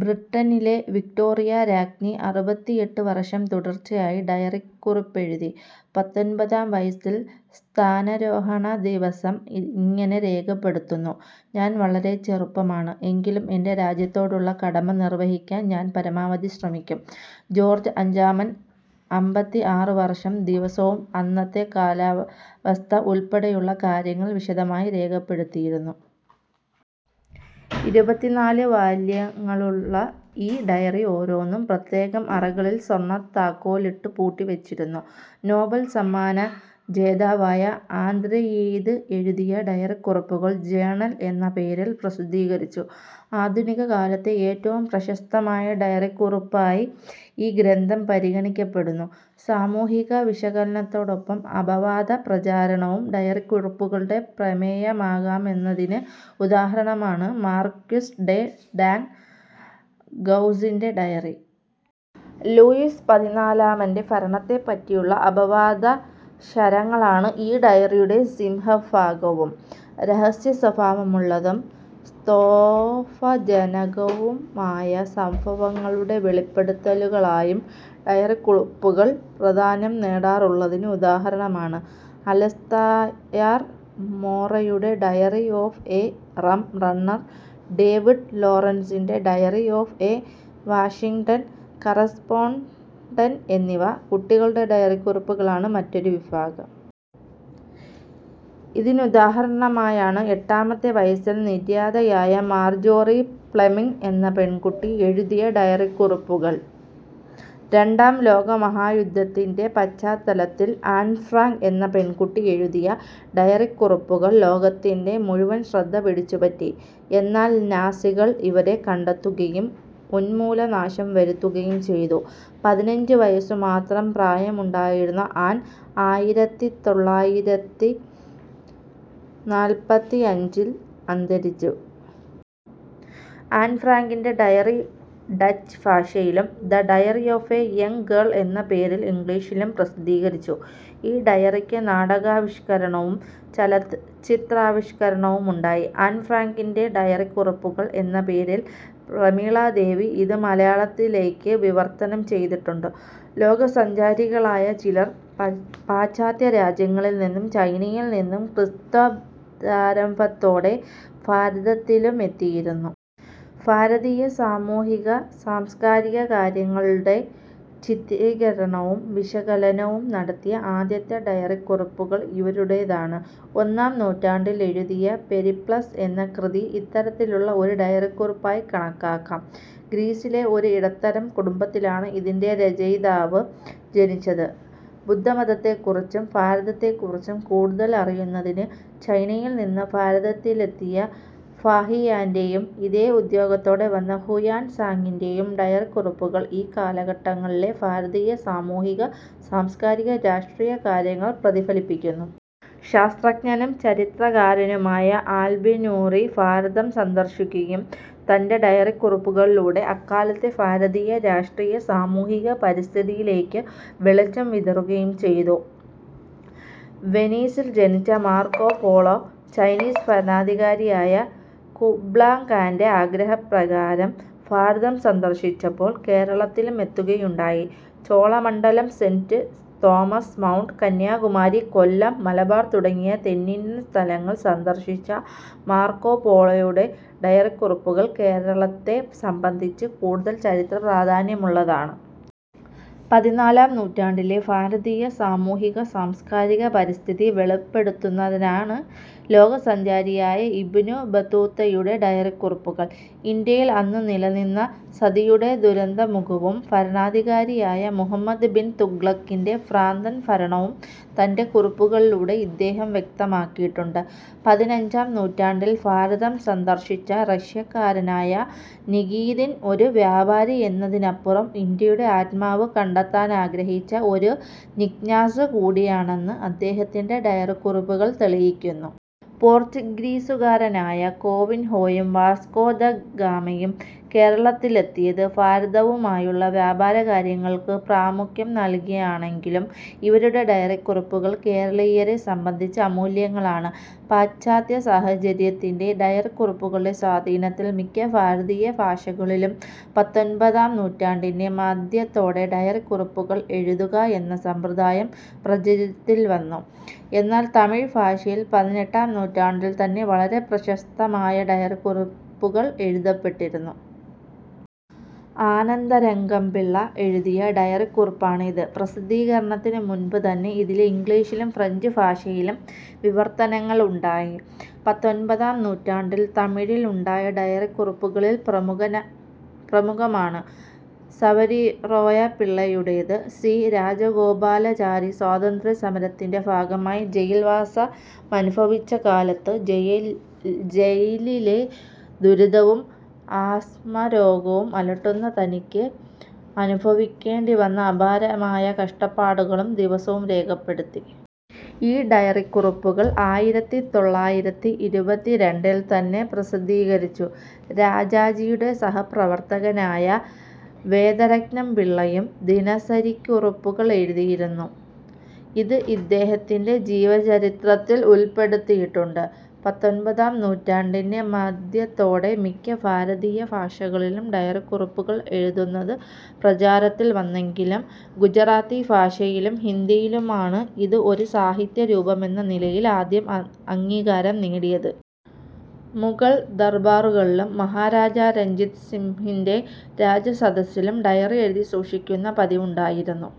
ബ്രിട്ടനിലെ വിക്ടോറിയാ രാജ്ഞി അറുപത്തിഎട്ട് വർഷം തുടർച്ചയായി ഡയറിക്കുറിപ്പെഴുതി. പത്തൊൻപതാം വയസ്സിൽ സ്ഥാനാരോഹണ ദിവസം ഇങ്ങനെ രേഖപ്പെടുത്തുന്നു. ഞാൻ വളരെ ചെറുപ്പമാണ്. എങ്കിലും എന്റെ രാജ്യത്തോടുള്ള കടമ നിർവഹിക്കാൻ ഞാൻ പരമാവധി ശ്രമിക്കും. ജോർജ് അഞ്ചാമൻ അമ്പത്തിആറ് വർഷം ദിവസവും അന്നന്നത്തെ കാലാവസ്ഥ ഉൾപ്പെടെയുള്ള കാര്യങ്ങൾ വിശദമായി രേഖപ്പെടുത്തിയിരുന്നു. ഇരുപത്തിനാല് വാല്യങ്ങളുള്ള ഈ ഡയറി ഓരോന്നും പ്രത്യേകം അറകളിൽ സ്വർണത്താക്കോലിട്ടു പൂട്ടി വച്ചിരുന്നു. നോബൽ സമ്മാന ജേതാവായ ആന്ദ്രേഴീദ് എഴുതിയ ഡയറിക്കുറിപ്പുകൾ ജേണൽ എന്ന പേരിൽ പ്രസിദ്ധീകരിച്ചു. ആധുനിക കാലത്തെ ഏറ്റവും പ്രശസ്തമായ ഡയറിക്കുറിപ്പായി ഈ ഗ്രന്ഥം പരിഗണിക്കപ്പെടുന്നു. സാമൂഹിക വിശകലനത്തോടൊപ്പം അപവാദ പ്രചാരണവും ഡയറിക്കുറിപ്പുകളുടെ പ്രമേയമാകാമെന്നതിന് ഉദാഹരണമാണ് മാർക്വിസ് ഡെ ഡാങ് ഗൗസിന്റെ ഡയറി. ലൂയിസ് പതിനാലാമന്റെ ഭരണത്തെപ്പറ്റിയുള്ള അപവാദശരങ്ങളാണ് ഈ ഡയറിയുടെ സിംഹഭാഗവും. രഹസ്യസ്വഭാവമുള്ളതും സ്തോഭജനകവുമായ സംഭവങ്ങളുടെ വെളിപ്പെടുത്തലുകളായും ഡയറിക്കുറിപ്പുകൾ പ്രാധാന്യം നേടാറുള്ളതിന് ഉദാഹരണമാണ് അലസ്തായർ മോറെയുടെ diary of a rum runner, David ലോറൻസിന്റെ diary of a Washington correspondent എന്നിവ. കുട്ടികളുടെ ഡയറിക്കുറിപ്പുകളാണ് മറ്റൊരു വിഭാഗം. ഇതിനുദാഹരണമാണ് എട്ടാമത്തെ വയസ്സിൽ നിര്യാതയായ മാർജോറി പ്ലെമിങ് എന്ന പെൺകുട്ടി എഴുതിയ ഡയറിക്കുറിപ്പുകൾ. രണ്ടാം ലോകമഹായുദ്ധത്തിന്റെ പശ്ചാത്തലത്തിൽ ആൻഫ്രാങ്ക് എന്ന പെൺകുട്ടി എഴുതിയ ഡയറിക്കുറിപ്പുകൾ ലോകത്തിന്റെ മുഴുവൻ ശ്രദ്ധ പിടിച്ചുപറ്റി. എന്നാൽ നാസികൾ ഇവരെ കണ്ടെത്തുകയും ഉൻമൂല നാശം വരുത്തുകയും ചെയ്തു. പതിനഞ്ചു വയസ്സു മാത്രം പ്രായമുണ്ടായിരുന്ന ആൻ ആയിരത്തിതൊള്ളായിരത്തിനാല്പത്തിയഞ്ചിൽ അന്തരിച്ചു. ആൻ ഫ്രാങ്കിന്റെ ഡയറി ഡച്ച് ഭാഷയിലും the diary of a young girl എന്ന പേരിൽ ഇംഗ്ലീഷിലും പ്രസിദ്ധീകരിച്ചു. ഈ ഡയറിക്ക് നാടകാവിഷ്കരണവും ചലച്ചിത്രാവിഷ്കരണവുമുണ്ടായി. ആൻ ഫ്രാങ്കിന്റെ ഡയറിക്കുറിപ്പുകൾ എന്ന പേരിൽ പ്രമീളാദേവി ഇത് മലയാളത്തിലേക്കു വിവർത്തനം ചെയ്തിട്ടുണ്ട്. ലോകസഞ്ചാരികളായ ചിലർ പാശ്ചാത്യ രാജ്യങ്ങളിൽ നിന്നും ചൈനയിൽ നിന്നും ക്രിസ്ത്വബ്ദാരംഭത്തോടെ ഭാരതത്തിലു മെത്തിയിരുന്നു. ഭാരതീയ സാമൂഹിക സാംസ്കാരിക കാര്യങ്ങളുടെ ചിത്രീകരണവും വിശകലനവും നടത്തിയ ആദ്യത്തെ ഡയറിക്കുറിപ്പുകൾ ഇവരുടേതാണ്. ഒന്നാം നൂറ്റാണ്ടിൽ എഴുതിയ പെരിപ്ലസ് എന്ന കൃതി ഇത്തരത്തിലുള്ള ഒരു ഡയറിക്കുറിപ്പായി കണക്കാക്കാം. ഗ്രീസിലെ ഒരു ഇടത്തരം കുടുംബത്തിലാണ് ഇതിന്റെ രചയിതാവ് ജനിച്ചത്. ബുദ്ധമതത്തെക്കുറിച്ചും ഭാരതത്തെക്കുറിച്ചും കൂടുതൽ അറിയുന്നതിന് ചൈനയിൽ നിന്ന് ഭാരതത്തിലെത്തിയ ഫാഹിയാന്റെയും ഇതേ ഉദ്ദേശ്യത്തോടെ വന്ന ഹുയാൻ സാങിന്റെയും ഡയറിക്കുറിപ്പുകൾ ഈ കാലഘട്ടങ്ങളിലെ ഭാരതീയ സാമൂഹിക, സാംസ്കാരിക, രാഷ്ട്രീയ കാര്യങ്ങൾ പ്രതിഫലിപ്പിക്കുന്നു. ശാസ്ത്രജ്ഞനും ചരിത്രകാരനുമായ അൽബിറൂനി ഭാരതം സന്ദർശിക്കുകയും തന്റെ ഡയറിക്കുറിപ്പുകളിലൂടെ അക്കാലത്തെ ഭാരതീയ രാഷ്ട്രീയ സമൂഹിക പരിസ്ഥിതിയിലേക്കു വെളിച്ചം വിതറുകയും ചെയ്തു. വെനീസിൽ ജനിച്ച മാർക്കോപോളോ ചൈനീസ് ഭരണാധികാരിയായ കുബ്ലാഖാന്റെ ആഗ്രഹപ്രകാരം ഭാരതം സന്ദർശിച്ചപ്പോൾ കേരളത്തിലും എത്തുകയുണ്ടായി. Cholamandalam, Saint Thomas Mount, Kanyakumari, Kollam, Malabar തുടങ്ങിയ തെന്നിന്ത്യൻ സ്ഥലങ്ങൾ സന്ദർശിച്ച മാർക്കോപോളോയുടെ ഡയറിക്കുറിപ്പുകൾ കേരളത്തെ സംബന്ധിച്ച് കൂടുതൽ ചരിത്ര പ്രാധാന്യമുള്ളതാണ്. പതിനാലാം നൂറ്റണ്ടിലെ ഭാരതീയ സാമൂഹിക, സാംസ്കാരിക, പരിസ്ഥിതി വെളിപ്പെടുത്തുന്നതാണ് ലോകസഞ്ചാരിയായ ഇബ്നു ബത്തൂത്തയുടെ ഡയറിക്കുറിപ്പുകൾ. ഇന്ത്യയിൽ അന്നു നിലനിന്ന സതിയുടെ ദുരന്തമുഖവും ഭരണാധികാരിയായ മുഹമ്മദ് ബിൻ തുഗ്ലക്കിന്റെ ഭ്രാന്തൻ ഭരണവും തന്റെ കുറിപ്പുകളിലൂടെ ഇദ്ദേഹം വ്യക്തമാക്കിയിട്ടുണ്ട്. പതിനഞ്ചാം നൂറ്റാണ്ടിൽ ഭാരതം സന്ദർശിച്ച റഷ്യക്കാരനായ നികീതിൻ ഒരു വ്യാപാരി എന്നതിനപ്പുറം ഇന്ത്യയുടെ ആത്മാവ് കണ്ടെത്താനാഗ്രഹിച്ച ഒരു ജിജ്ഞാസു കൂടിയാണെന്ന് അദ്ദേഹത്തിന്റെ ഡയറിക്കുറിപ്പുകൾ തെളിയിക്കുന്നു. പോർച്ചുഗീസുകാരനായ കോവിൻഹോയും വാസ്കോ ദെ ഗാമയും കേരളത്തിലെത്തിയത് ഭാരതവുമായുള്ള വ്യാപാരകാര്യങ്ങൾക്കു പ്രാമുഖ്യം നൽകിയാണെങ്കിലും ഇവരുടെ ഡയറിക്കുറിപ്പുകൾ കേരളീയരെ സംബന്ധിച്ച് അമൂല്യങ്ങളാണ്. പാശ്ചാത്യ സാഹിത്യത്തിലെ ഡയറിക്കുറിപ്പുകളുടെ സ്വാധീനത്തിൽ മിക്ക ഭാരതീയ ഭാഷകളിലും പത്തൊൻപതാം നൂറ്റണ്ടിന്റെ മധ്യത്തോടെ ഡയറിക്കുറിപ്പുകൾ എഴുതുക എന്ന സമ്പ്രദായം പ്രചാരത്തിൽവന്നു. എന്നാൽ തമിഴ് ഭാഷയിൽ പതിനെട്ടാം നൂറ്റാണ്ടിൽ തന്നെ വളരെ പ്രശസ്തമായ ഡയറിക്കുറിപ്പ് എഴുതപ്പെട്ടിരുന്നു. ആനന്ദരംഗംപിള്ള എഴുതിയ ഡയറിക്കുറിപ്പാണ് ഇത്. പ്രസിദ്ധീകരണത്തിനു മുൻപു തന്നെ ഇതിന് ഇംഗ്ലീഷിലും ഫ്രഞ്ച് ഭാഷയിലും വിവർത്തനങ്ങൾ ഉണ്ടായി. പത്തൊൻപതാം നൂറ്റാണ്ടിൽ തമിഴിൽ ഉണ്ടായ ഡയറിക്കുറിപ്പുകളിൽ പ്രമുഖമാണ് സവരിറോയപിള്ളൈയുടേത്. സി. രാജഗോപാലാചാരി സ്വാതന്ത്ര്യ സമരത്തിന്റെ ഭാഗമായി ജയിൽവാസമനുഭവിച്ച കാലത്ത് ജയിലിലെ ദുരിതവും ആസ്മാരോഗം അലട്ടുന്ന തനിക്ക് അനുഭവിക്കേണ്ടിവന്ന അപാരമായ കഷ്ടപ്പാടും ദിവസവും രേഖപ്പെടുത്തി. ഈ ഡയറിക്കുറിപ്പുകൾ ആയിരത്തിതൊള്ളായിരത്തിഇരുപത്തിരണ്ടിൽ തന്നെ പ്രസിദ്ധീകരിച്ചു. രാജാജിയുടെ സഹപ്രവർത്തകനായ വേദരത്നംപിള്ളയും ദിനസരിക്കുറിപ്പുകൾ എഴുതിയിരുന്നു. ഇത് ഇദ്ദേഹത്തിന്റെ ജീവചരിത്രത്തിൽ ഉൾപ്പെടുത്തിയിട്ടുണ്ട്. പത്തൊൻപതാം നൂറ്റാണ്ടിന്റെ മധ്യത്തോടെ മിക്ക ഭാരതീയ ഭാഷകളിലും ഡയറിക്കുറിപ്പുകൾ എഴുതുന്നത് പ്രചാരത്തിൽ വന്നെങ്കിലും ഗുജറാത്തി ഭാഷയിലും ഹിന്ദിയിലുമാണ് ഇത് ഒരു സാഹിത്യരൂപമെന്ന നിലയിൽ ആദ്യം അംഗീകാരം നേടിയത്. മുഗൾ ദർബാറുകളിലും മഹാരാജാ രഞ്ജിത് സിംഹിന്റെ രാജസദസ്സിലും ഡയറി എഴുതി സൂക്ഷിക്കുന്ന പതിവുണ്ടായിരുന്നു.